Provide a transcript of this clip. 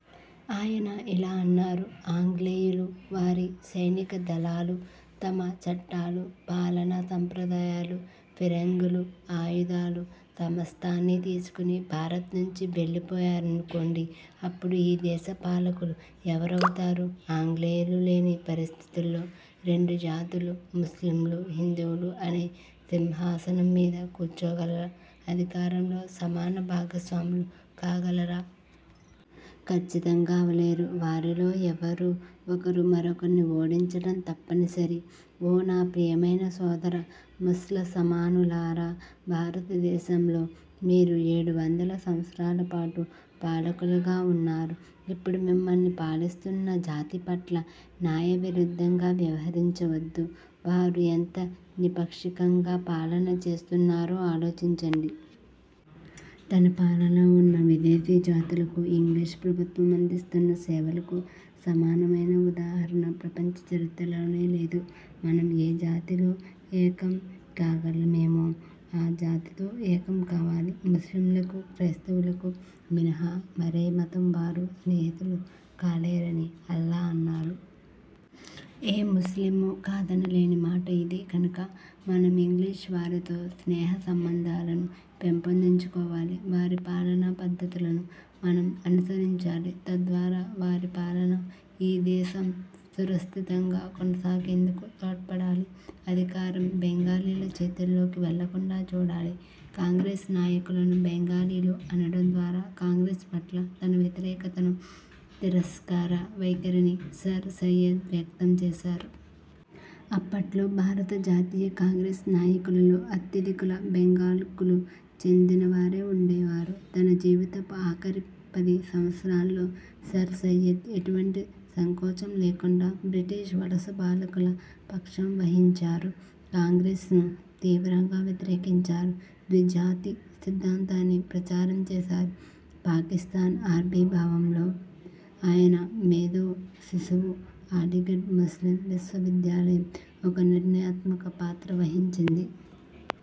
ఆయన ఇలా అన్నారు. 'ఆంగ్లేయులు, వారి సైనికదళాలు తమ చట్టాలు, పాలనా సంప్రదాయాలు, ఫిరంగులు, ఆయుధాలు సమస్తాన్నీ తీసుకొని భారత్ నుంచి వెళ్ళిపోయారనుకోండి. అప్పుడు ఈ దేశపాలకులు ఎవరవుతారు? ఆంగ్లేయులు లేని పరిస్థితుల్లో రెండు జాతులు– ముస్లింలు, హిందువులు అదే సింహాసనం మీద కూర్చోగలరా? అధికారంలో సమానభాగస్వాములు కాగలరా? ఖచ్చితంగా అవ్వలేరు. వారిలో ఎవరో ఒకరు మరొకరిని ఓడించడం తప్పనిసరి ఓ నా ప్రియమైన సోదర ముస్లమానులారా, భారతదేశంలో మీరు ఏడువందల సంవత్సరాల పాటు పాలకులుగా వున్నారు. ఇప్పుడు మిమ్ములను పాలిస్తున్న జాతిపట్ల న్యాయ విరుద్ధంగా వ్యవహరించవద్దు. వారు ఎంత నిఫాక్షికంగా పాలన చేస్తున్నారో ఆలోచించండి. తన పాలనలో వున్న విదేశీ జాతులకు ఇంగ్లీష్ ప్రభుత్వం అందిస్తున్న సేవలకు సమానమైన ఉదాహరణ ప్రపంచ చరిత్రలోనే లేదు'. మనం ఏ జాతిలో ఏకం కాగలమో ఆ జాతితో ఏకం కావాలి. ముస్లింలకు క్రైస్తవులకు మినహా మరే మతం వారు స్నేహితులు కాలేరని అల్లా అన్నారు. ఏ ముస్లిమూ కాదనలేని మాట ఇది. కనుక మనం ఇంగ్లీష్ వారితో స్నేహ సంబంధాలను పెంపొందించుకోవాలి. వారి పాలనా పద్ధతులను మనం అనుసరించాలి. తద్వారా వారి పాలన ఈ దేశం సుస్థిరంగా కొనసాగేందుకు తోడ్పడాలి. అధికారం బెంగాలీల చేతుల్లోకి వెళ్ళకుండా చూడాలి'. కాంగ్రెస్ నాయకులను 'బెంగాలీలు' అనడం ద్వారా కాంగ్రెస్ పట్ల తన వ్యతిరేకతను, తిరస్కార వైఖరిని సర్ సయ్యద్ వ్యక్తం చేశారు. అప్పట్లో భారత జాతీయ కాంగ్రెస్ నాయకులలో అత్యధికులు బెంగాల్కు చెందినవారే వుండేవారు. తన జీవితపు ఆఖరి పది సంవత్పరాలలో సర్ సయ్యద్ ఎటువంటి సంకోచం లేకుండా బ్రిటిష్ వలసపాలకుల పక్షం వహించారు. కాంగ్రెస్ను తీవ్రంగా వ్యతిరేకించారు. ద్విజాతి సిద్ధాంతాన్ని ప్రచారం చేశారు. పాకిస్థాన్ ఆవిర్భావంలో ఆయన మేధో శిశువు అలీగఢ్ ముస్లిమ్ విశ్వవిద్యాలయం ఒక నిర్ణయాత్మక పాత్ర వహించింది.